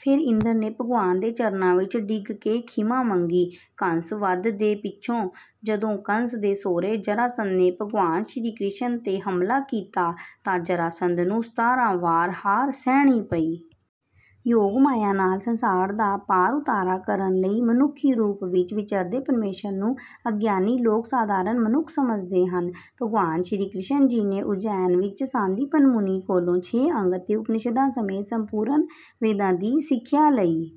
ਫਿਰ ਇੰਦਰ ਨੇ ਭਗਵਾਨ ਦੇ ਚਰਨਾਂ ਵਿੱਚ ਡਿੱਗ ਕੇ ਖਿਮਾ ਮੰਗੀ। ਕੰਸ ਵਧ ਦੇ ਪਿੱਛੋਂ ਜਦੋਂ ਕੰਸ ਦੇ ਸਹੁਰੇ ਜਰਾਸੰਧ ਨੇ ਭਗਵਾਨ ਸ਼੍ਰੀ ਕ੍ਰਿਸ਼ਨ ਤੇ ਹਮਲਾ ਕੀਤਾ ਤਾਂ ਜਰਾਸੰਧ ਨੂੰ ਸਤਾਰਾਂ ਵਾਰ ਹਾਰ ਸਹਿਣੀ ਪਈ। ਯੋਗਮਾਇਆ ਨਾਲ ਸੰਸਾਰ ਦਾ ਪਾਰ ਉਤਾਰਾ ਕਰਨ ਲਈ ਮਨੁੱਖੀ ਰੂਪ ਵਿੱਚ ਵਿਚਰਦੇ ਪ੍ਰਮੇਸ਼ਵਰ ਨੂੰ ਅਗਿਆਨੀ ਲੋਕ ਸਾਧਾਰਨ ਮਨੁੱਖ ਸਮਝਦੇ ਹਨ। ਭਗਵਾਨ ਸ਼੍ਰੀ ਕ੍ਰਿਸ਼ਨ ਜੀ ਨੇ ਉਜੈਨ ਵਿੱਚ ਸਾਂਦੀਪਨ ਮੁਨੀ ਕੋਲੋਂ ਛੇ ਅੰਗ ਅਤੇ ਉਪਨਿਸ਼ਦਾਂ ਸਮੇਤ ਸੰਪੂਰਨ ਵੇਦਾਂ ਦੀ ਸਿੱਖਿਆ ਲਈ।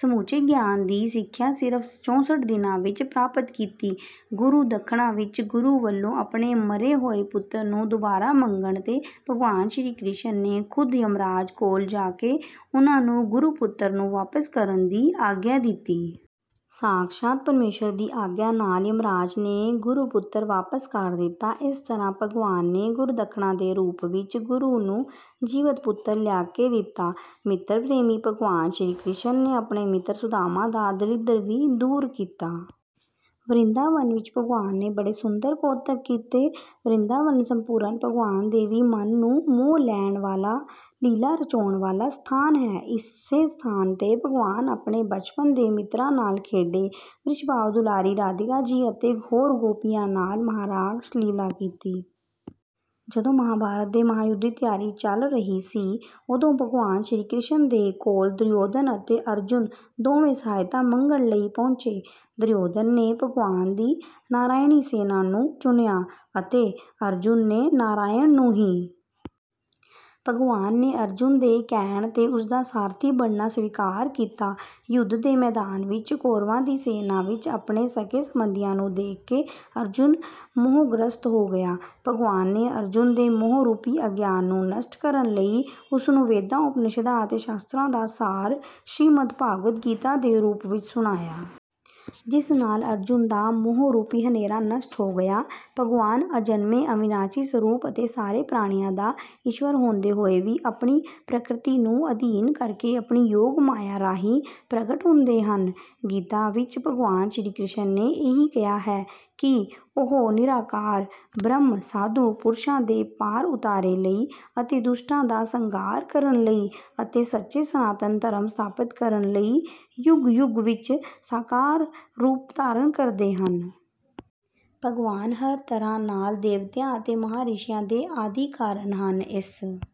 ਸਮੁੱਚੇ ਗਿਆਨ ਦੀ ਸਿੱਖਿਆ ਸਿਰਫ਼ ਚੌਂਸਠ ਦਿਨਾਂ ਵਿੱਚ ਪ੍ਰਾਪਤ ਕੀਤੀ। ਗੁਰੂ ਦੱਖਣਾ ਵਿੱਚ ਗੁਰੂ ਵਲੋਂ ਆਪਣੇ ਮਰੇ ਹੋਏ ਪੁੱਤਰ ਨੂੰ ਦੁਬਾਰਾ ਮੰਗਣ ਤੇ ਭਗਵਾਨ ਸ਼੍ਰੀ ਕ੍ਰਿਸ਼ਨ ਨੇ ਖ਼ੁਦ ਯਮਰਾਜ ਕੋਲ ਜਾ ਕੇ ਉਨ੍ਹਾਂ ਨੂੰ ਗੁਰੂ ਪੁੱਤਰ ਨੂੰ ਵਾਪਿਸ ਕਰਨ ਦੀ ਆਗਿਆ ਦਿੱਤੀ। ਸਾਖਸ਼ਾਤ ਪ੍ਰਮੇਸ਼ਵਰ ਦੀ ਆਗਿਆ ਨਾਲ ਯਮਰਾਜ ਨੇ ਗੁਰੂ ਪੁੱਤਰ ਵਾਪਿਸ ਕਰ ਦਿੱਤਾ। ਇਸ ਤਰ੍ਹਾਂ ਭਗਵਾਨ ਨੇ ਗੁਰੂ ਦੱਖਣਾ ਦੇ ਰੂਪ ਵਿੱਚ ਗੁਰੂ ਨੂੰ ਜੀਵਤ ਪੁੱਤਰ ਲਿਆ ਕੇ ਦਿੱਤਾ। ਮਿੱਤਰ ਪ੍ਰੇਮੀ ਭਗਵਾਨ ਸ਼੍ਰੀ ਕ੍ਰਿਸ਼ਨ ਨੇ ਆਪਣੇ ਮਿੱਤਰ ਸੁਦਾਮਾ ਦਾ ਦਲਿੱਦਰ ਵੀ ਦੂਰ ਕੀਤਾ। ਵਰਿੰਦਾਵਨ ਵਿੱਚ ਭਗਵਾਨ ਨੇ ਬੜੇ ਸੁੰਦਰ ਕੌਤਕ ਕੀਤੇ। ਵਰਿੰਦਾਵਨ ਸੰਪੂਰਨ ਭਗਵਾਨ ਦੇ ਵੀ ਮਨ ਨੂੰ ਮੋਹ ਲੈਣ ਵਾਲਾ ਲੀਲਾ ਰਚਾਉਣ ਵਾਲਾ ਸਥਾਨ ਹੈ। ਇਸੇ ਸਥਾਨ ਤੇ ਭਗਵਾਨ ਆਪਣੇ ਬਚਪਨ ਦੇ ਮਿੱਤਰਾਂ ਨਾਲ ਖੇਡੇ। ਵ੍ਰਿਸ਼ਭਾਵ ਦੁਲਾਰੀ ਰਾਧਿਕਾ ਜੀ ਅਤੇ ਹੋਰ ਗੋਪੀਆਂ ਨਾਲ ਮਹਾਰਾਸ ਲੀਲਾ ਕੀਤੀ। ਜਦੋਂ ਮਹਾਭਾਰਤ ਦੇ ਮਹਾਯੁੱਧ ਦੀ ਤਿਆਰੀ ਚੱਲ ਰਹੀ ਸੀ ਉਦੋਂ ਭਗਵਾਨ ਸ਼੍ਰੀ ਕ੍ਰਿਸ਼ਨ ਦੇ ਕੋਲ ਦੁਰਯੋਧਨ ਅਤੇ ਅਰਜੁਨ ਦੋਵੇਂ ਸਹਾਇਤਾ ਮੰਗਣ ਲਈ ਪਹੁੰਚੇ। ਦੁਰਯੋਧਨ ਨੇ ਭਗਵਾਨ ਦੀ ਨਰਾਇਣੀ ਸੈਨਾ ਨੂੰ ਚੁਣਿਆ ਅਤੇ ਅਰਜੁਨ ਨੇ ਨਰਾਇਣ ਨੂੰ ਹੀ। ਭਗਵਾਨ ਨੇ ਅਰਜੁਨ ਦੇ ਕਹਿਣ ਤੇ ਉਸਦਾ ਸਾਰਥੀ ਬਣਨਾ ਸਵੀਕਾਰ ਕੀਤਾ। ਯੁੱਧ ਦੇ ਮੈਦਾਨ ਵਿੱਚ ਕੌਰਵਾਂ ਦੀ ਸੈਨਾ ਵਿੱਚ ਆਪਣੇ ਸਕੇ-ਸੰਬੰਧੀਆਂ ਨੂੰ ਦੇਖ ਕੇ ਅਰਜੁਨ ਮੋਹਗ੍ਰਸਤ ਹੋ ਗਿਆ। ਭਗਵਾਨ ਨੇ ਅਰਜੁਨ ਦੇ ਮੋਹਰੂਪੀ ਅਗਿਆਨ ਨੂੰ ਨਸ਼ਟ ਕਰਨ ਲਈ ਉਸਨੂੰ ਵੇਦਾਂ ਉਪਨਿਸ਼ਦਾਂ ਅਤੇ ਸ਼ਾਸਤਰਾਂ ਦਾ ਸਾਰ ਸ਼੍ਰੀਮਦ ਭਗਵਦ ਗੀਤਾ ਦੇ ਰੂਪ ਵਿੱਚ ਸੁਣਾਇਆ। ਜਿਸ ਨਾਲ ਅਰਜੁਨ ਦਾ ਮੋਹਰੂਪੀ ਹਨੇਰਾ ਨਸ਼ਟ ਹੋ ਗਿਆ। ਭਗਵਾਨ ਅਜਨਮੇ ਅਵਿਨਾਸ਼ੀ ਸਰੂਪ ਅਤੇ ਸਾਰੇ ਪ੍ਰਾਣੀਆਂ ਦਾ ਈਸ਼ਵਰ ਹੁੰਦੇ ਹੋਏ ਵੀ ਆਪਣੀ ਪ੍ਰਕਿਰਤੀ ਨੂੰ ਅਧੀਨ ਕਰਕੇ ਆਪਣੀ ਯੋਗਮਾਇਆ ਰਾਹੀਂ ਪ੍ਰਗਟ ਹੁੰਦੇ ਹਨ। ਗੀਤਾ ਵਿੱਚ ਭਗਵਾਨ ਸ਼੍ਰੀ ਕ੍ਰਿਸ਼ਨ ਨੇ ਇਹੀ ਕਿਹਾ ਹੈ ਕਿ ਉਹ ਨਿਰਾਕਾਰ ਬ੍ਰਹਮ ਸਾਧੂ ਪੁਰਸ਼ਾਂ ਦੇ ਪਾਰ ਉਤਾਰੇ ਲਈ ਅਤੇ ਦੁਸ਼ਟਾਂ ਦਾ ਸੰਘਾਰ ਕਰਨ ਲਈ ਅਤੇ ਸੱਚੇ ਸਨਾਤਨ ਧਰਮ ਸਥਾਪਿਤ ਕਰਨ ਲਈ ਯੁੱਗ-ਯੁੱਗ ਵਿੱਚ ਸਾਕਾਰ ਰੂਪ ਧਾਰਨ ਕਰਦੇ ਹਨ। ਭਗਵਾਨ ਹਰ ਤਰ੍ਹਾਂ ਨਾਲ ਦੇਵਤਿਆਂ ਅਤੇ ਮਹਾਰਿਸ਼ੀਆਂ ਦੇ ਆਦਿ ਕਾਰਨ ਹਨ। ਇਸ